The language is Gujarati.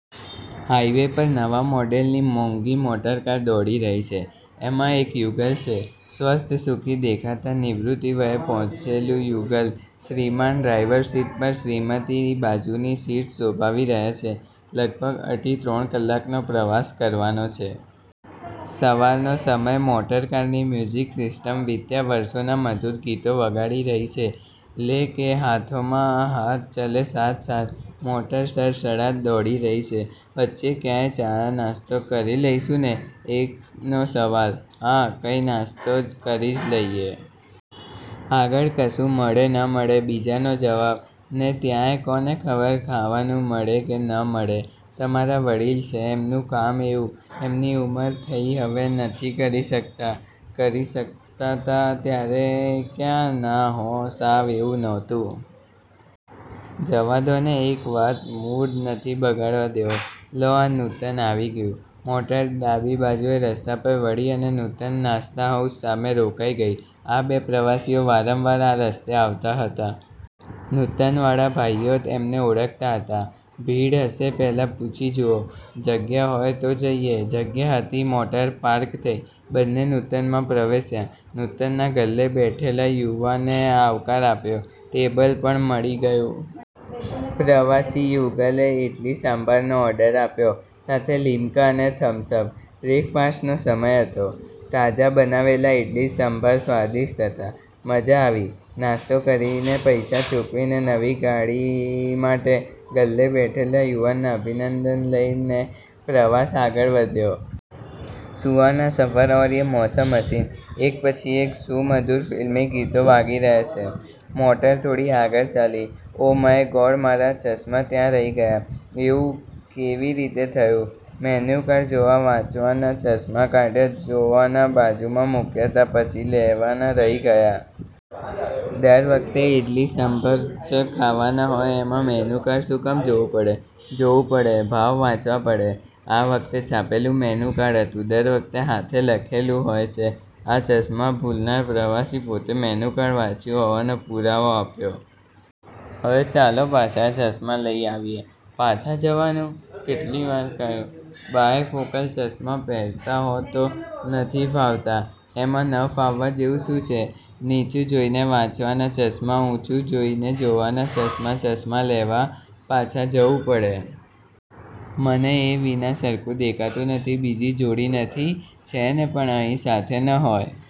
હાઇવે પર નવા મોડેલની મોંઘી મોટરકાર દોડી રહી છે. એમાં એક યુગલ છે. સ્વસ્થ, સુખી દેખાતું નિવૃત્તિ વયે પહોંચેલું યુગલ. શ્રીમાન ડ્રાઈવરસીટ પર, શ્રીમતી બાજુની સીટ શોભાવી રહ્યાં છે. લગભગ અઢી-ત્રણ કલાકનો પ્રવાસ કરવાનો છે. સવારનો સમય, મોટરકારની મ્યુઝિક સિસ્ટમ વીત્યા વર્ષોનાં મધુર ગીતો વગાડી રહી છે. 'લે કે હાથોમેં હાથ ચલે સાથ-સાથ,' મોટર સડસડાટ દોડી રહી છે. "વચ્ચે ક્યાંક ચાનાસ્તો કરી લઈશું ને?" એકનો સવાલ. "હા કંક નાસ્તો કરી જ લઈએ. આગળ કશું મળે ન મળે." બીજાનો જવાબ. "ને ત્યાંય કોને ખબર, ખાવાનું મળે કે નયે મળે. તમારા વડીલ છે. એમનું કામ એવું." "એમની ઉમર થઈ હવે નથી કરી શકતાં." "કરી શકતાં'તાં ત્યારે ય ક્યાં" "ના હોં, સાવ એવું નહોતું." "જવા દો ને એ વાત, મૂડ નથી બગડવા દેવો. લો આ 'નૂતન' આવી ગયું." મોટર ડાબી બાજુએ રસ્તા પર વળી અને 'નૂતન નાસ્તા હાઉસ' સામે રોકાઈ ગઈ. આ બે પ્રવાસીઓ વારંવાર આ રસ્તે આવતાં હતા. 'નૂતન' વાળા ભાઈઓ એમને ઓળખતા હતા. "ભીડ હશે, પહેલાં પૂછી જુઓ. જગ્યા હોય તો જઈએ." જગ્યા હતી. મોટર પાર્ક થઈ. બન્ને 'નૂતન' માં પ્રવેશ્યા. 'નૂતન' ના ગલ્લે બેઠેલા યુવાને આવકાર આપ્યો. ટેબલ પણ મળી ગયું. પ્રવાસી યુગલે ઈડલી સંભારનો ઓર્ડર આપ્યો સાથે લિમ્કા અને થમ્સઅપ. બ્રેકફાસ્ટનો સમય હતો. તાજા બનાવેલાં ઈડલી સંભાર સ્વાદિષ્ટ હતા. મજા આવી. નાસ્તો કરીને પૈસા ચૂકવીને, નવી ગાડી માટે ગલ્લે બેઠેલા યુવાનના અભિનંદન લઈને પ્રવાસ આગળ વધ્યો. "સુહાના સફર ઔર યે મૌસમ હસીન" એક પછી એક સુમધુર ફિલ્મી ગીતો વાગી રહ્યા છે. મોટર થોડી આગળ ચાલી. "ઓહ માય ગોડ, મારા ચશ્મા ત્યાં રહી ગયાં." "એવું કેવી રીતે થયું?" "મેન્યુકાર્ડ જોવા વાંચવાના ચશ્મા કાઢ્યા, જોવાના બાજુમાં મૂક્યા'તા, પછી લેવાના રહી ગયાં." "દર વખતે ઇડલી સંભાર જ ખાવાના હોય એમાં મેન્યુકાર્ડ શું કામ જોવું પડે?" "જોવું પડે. ભાવ વાંચવા પડે. આ વખતે છાપેલું મેન્યુકાર્ડ હતું. દર વખતે હાથે લખેલું હોય છે." ચશ્મા ભૂલનાર પ્રવાસી પોતે મેન્યુકાર્ડ વાંચ્યું હોવાનો પુરાવો આપ્યો. "હવે ચાલો પાછા, ચશ્મા લઇ આવીએ." "પાછા જવાનું?" "કેટલી વાર કહ્યું. બાયફોકલ ચશ્મા પહેરતા હો તો?" "નથી ફાવતા." "એમાં ન ફાવવા જેવું શું છે? નીચું જોઇને વાંચવાના ચશ્મા, ઊંચુ જોઇને જોવાના ચશ્મા." "ચશ્મા લેવા પાછા જવું પડે. મને એ વિના સરખું દેખાતું નથી." "બીજી જોડી નથી?" "છે ને, પણ અહીં સાથે ન હોય